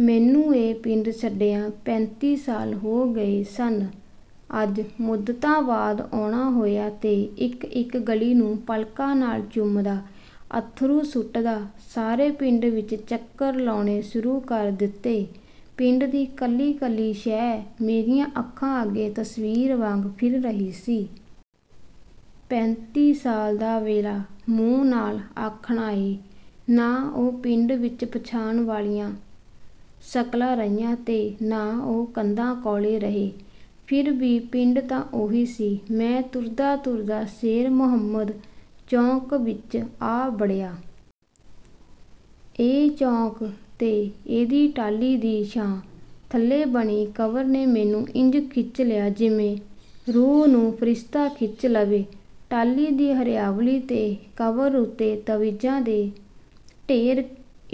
ਮੈਨੂੰ ਇਹ ਪਿੰਡ ਛੱਡਿਆਂ ਪੈਂਤੀ ਸਾਲ ਹੋ ਗਏ ਸਨ। ਅੱਜ ਮੁੱਦਤਾਂ ਬਾਅਦ ਆਉਣਾ ਹੋਇਆ ਤੇ ਇਕ-ਇਕ ਗਲੀ ਨੂੰ ਪਲਕਾਂ ਨਾਲ ਚੁੰਮਦਾ, ਅੱਥਰੂ ਸੁੱਟਦਾ, ਸਾਰੇ ਪਿੰਡ ਵਿਚ ਚੱਕਰ ਲਾਉਣੇ ਸ਼ੁਰੂ ਕਰ ਦਿੱਤੇ। ਪਿੰਡ ਦੀ ਕੱਲੀ-ਕੱਲੀ ਸ਼ੈਅ ਮੇਰੀਆਂ ਅੱਖਾਂ ਅੱਗੇ ਤਸਵੀਰ ਵਾਂਗ ਫਿਰ ਰਹੀ ਸੀ। ਪੈਂਤੀ ਸਾਲ ਦਾ ਵੇਲਾ ਮੂੰਹ ਨਾਲ ਆਖਣਾ ਏ। ਨਾ ਉਹ ਪਿੰਡ ਵਿਚ ਪਛਾਣ ਵਾਲੀਆਂ ਸ਼ਕਲਾਂ ਰਹੀਆਂ ਤੇ ਨਾ ਉਹ ਕੰਧਾਂ-ਕੌਲੇ ਰਹੇ, ਫਿਰ ਵੀ ਪਿੰਡ ਤਾਂ ਉਹੀ ਸੀ। ਮੈਂ ਤੁਰਦਾ-ਤੁਰਦਾ ਸ਼ੇਰ ਮੁਹੰਮਦ ਚੌਕ ਵਿਚ ਆ ਵੜਿਆ। ਇਹ ਚੌਕ ਤੇ ਇਹਦੀ ਟਾਹਲੀ ਦੀ ਛਾਂ ਥੱਲੇ ਬਣੀ ਕਬਰ ਨੇ ਮੈਨੂੰ ਇੰਜ ਖਿੱਚ ਲਿਆ, ਜਿਵੇਂ ਰੂਹ ਨੂੰ ਫਰਿਸ਼ਤਾ ਖਿੱਚ ਲਵੇ। ਟਾਹਲੀ ਦੀ ਹਰਿਆਵਲੀ ਤੇ ਕਬਰ ਉੱਤੇ ਤਾਵੀਜ਼ਾਂ ਦੇ ਢੇਰ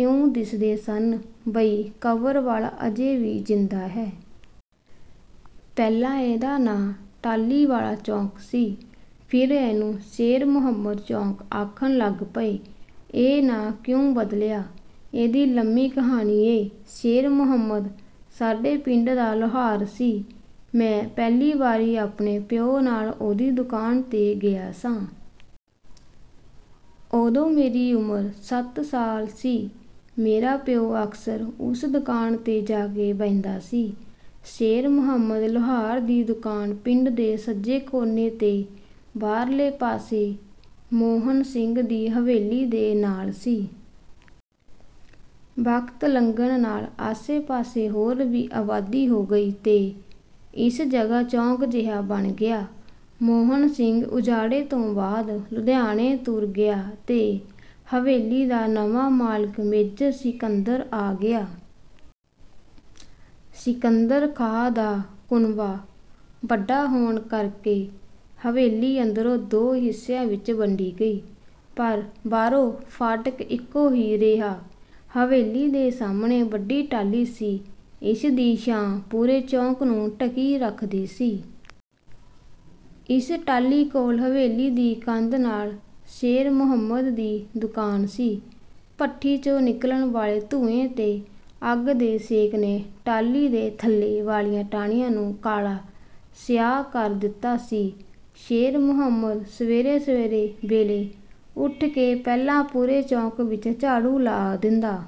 ਇਉਂ ਦਿਸਦੇ ਸਨ, ਬਈ ਕਬਰ ਵਾਲਾ ਅਜੇ ਵੀ ਜ਼ਿੰਦਾ ਏ। ਪਹਿਲਾਂ ਇਹਦਾ ਨਾਂ ਟਾਹਲੀ ਵਾਲਾ ਚੌਕ ਸੀ, ਫਿਰ ਇਹਨੂੰ ਸ਼ੇਰ ਮੁਹੰਮਦ ਚੌਕ ਆਖਣ ਲੱਗ ਪਏ। ਇਹ ਨਾਂ ਕਿਉਂ ਬਦਲਿਆ, ਇਹਦੀ ਲੰਮੀ ਕਹਾਣੀ ਏ। ਸ਼ੇਰ ਮੁਹੰਮਦ ਸਾਡੇ ਪਿੰਡ ਦਾ ਲੁਹਾਰ ਸੀ। ਮੈਂ ਪਹਿਲੀ ਵਾਰੀ ਆਪਣੇ ਪਿਓ ਨਾਲ ਉਹਦੀ ਦੁਕਾਨ 'ਤੇ ਗਿਆ ਸਾਂ। ਉਦੋਂ ਮੇਰੀ ਉਮਰ ਸੱਤ ਸਾਲ ਸੀ। ਮੇਰਾ ਪਿਓ ਅਕਸਰ ਉਸ ਦੁਕਾਨ 'ਤੇ ਜਾ ਕੇ ਬਹਿੰਦਾ ਸੀ। ਸ਼ੇਰ ਮੁਹੰਮਦ ਲੁਹਾਰ ਦੀ ਦੁਕਾਨ ਪਿੰਡ ਦੇ ਸੱਜੇ ਕੋਨੇ 'ਤੇ, ਬਾਹਰਲੇ ਪਾਸੇ, ਮੋਹਨ ਸਿੰਘ ਦੀ ਹਵੇਲੀ ਦੇ ਨਾਲ ਸੀ। ਵਕਤ ਲੰਘਣ ਨਾਲ ਆਸੇ-ਪਾਸੇ ਹੋਰ ਵੀ ਆਬਾਦੀ ਹੋ ਗਈ ਤੇ ਇਸ ਜਗ੍ਹਾ ਚੌਕ ਜਿਹਾ ਬਣ ਗਿਆ। ਮੋਹਨ ਸਿੰਘ ਉਜਾੜੇ ਤੋਂ ਬਾਅਦ ਲੁਧਿਆਣੇ ਤੁਰ ਗਿਆ ਤੇ ਹਵੇਲੀ ਦਾ ਨਵਾਂ ਮਾਲਕ ਮੇਜਰ ਸਿਕੰਦਰ ਆ ਗਿਆ। ਸਿਕੰਦਰ ਖਾਂ ਦਾ ਕੁਨਬਾ ਵੱਡਾ ਹੋਣ ਕਰਕੇ ਹਵੇਲੀ ਅੰਦਰੋਂ ਦੋ ਹਿੱਸਿਆਂ ਵਿਚ ਵੰਡੀ ਗਈ, ਪਰ ਬਾਹਰੋਂ ਫਾਟਕ ਇਕੋ ਹੀ ਰਿਹਾ। ਹਵੇਲੀ ਦੇ ਸਾਹਮਣੇ ਵੱਡੀ ਟਾਹਲੀ ਸੀ। ਇਸ ਦੀ ਛਾਂ ਪੂਰੇ ਚੌਕ ਨੂੰ ਢਕੀ ਰੱਖਦੀ ਸੀ। ਇਸ ਟਾਹਲੀ ਕੋਲ ਹਵੇਲੀ ਦੀ ਕੰਧ ਨਾਲ ਸ਼ੇਰ ਮੁਹੰਮਦ ਦੀ ਦੁਕਾਨ ਸੀ। ਭੱਠੀ 'ਚੋਂ ਨਿਕਲਣ ਵਾਲੇ ਧੂੰਏਂ ਤੇ ਅੱਗ ਦੇ ਸੇਕ ਨੇ ਟਾਹਲੀ ਦੇ ਥੱਲੇ ਵਾਲੀਆਂ ਟਾਹਣੀਆਂ ਨੂੰ ਕਾਲਾ-ਸਿਆਹ ਕਰ ਦਿੱਤਾ ਸੀ। ਸ਼ੇਰ ਮੁਹੰਮਦ ਸਵੇਰੇ ਸਵੇਰੇ ਵੇਲੇ ਉੱਠ ਕੇ ਪਹਿਲਾਂ ਪੂਰੇ ਚੌਕ ਵਿਚ ਝਾੜੂ ਲਾ ਦਿੰਦਾ।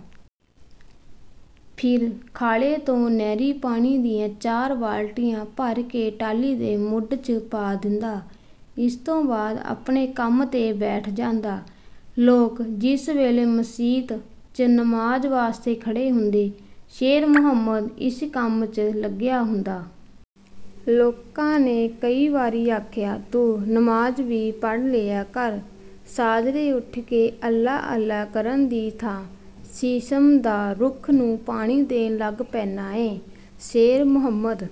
ਫਿਰ ਖਾਲੇ ਤੋਂ ਨਹਿਰੀ ਪਾਣੀ ਦੀਆਂ ਚਾਰ ਬਾਲਟੀਆਂ ਭਰ ਕੇ ਟਾਹਲੀ ਦੇ ਮੁੱਢ 'ਚ ਪਾ ਦਿੰਦਾ। ਇਸ ਤੋਂ ਬਾਅਦ ਆਪਣੇ ਕੰਮ 'ਤੇ ਬੈਠ ਜਾਂਦਾ। ਲੋਕ ਜਿਸ ਵੇਲੇ ਮਸੀਤ 'ਚ ਨਮਾਜ਼ ਵਾਸਤੇ ਖੜ੍ਹੇ ਹੁੰਦੇ, ਸ਼ੇਰ ਮੁਹੰਮਦ ਇਸ ਕੰਮ 'ਚ ਲੱਗਿਆ ਹੁੰਦਾ। ਲੋਕਾਂ ਨੇ ਕਈ ਵਾਰੀ ਆਖਿਆ, ਤੂੰ ਨਮਾਜ਼ ਵੀ ਪੜ੍ਹ ਲਿਆ ਕਰ। ਸਾਝਰੇ ਉੱਠ ਕੇ ਅੱਲ੍ਹਾ-ਅੱਲ੍ਹਾ ਕਰਨ ਦੀ ਥਾਂ ਸ਼ੀਸ਼ਮ ਦਾ ਰੁੱਖ ਨੂੰ ਪਾਣੀ ਦੇਣ ਲੱਗ ਪੈਂਦਾ ਐਂ।" ਸ਼ੇਰ ਮੁਹੰਮਦ...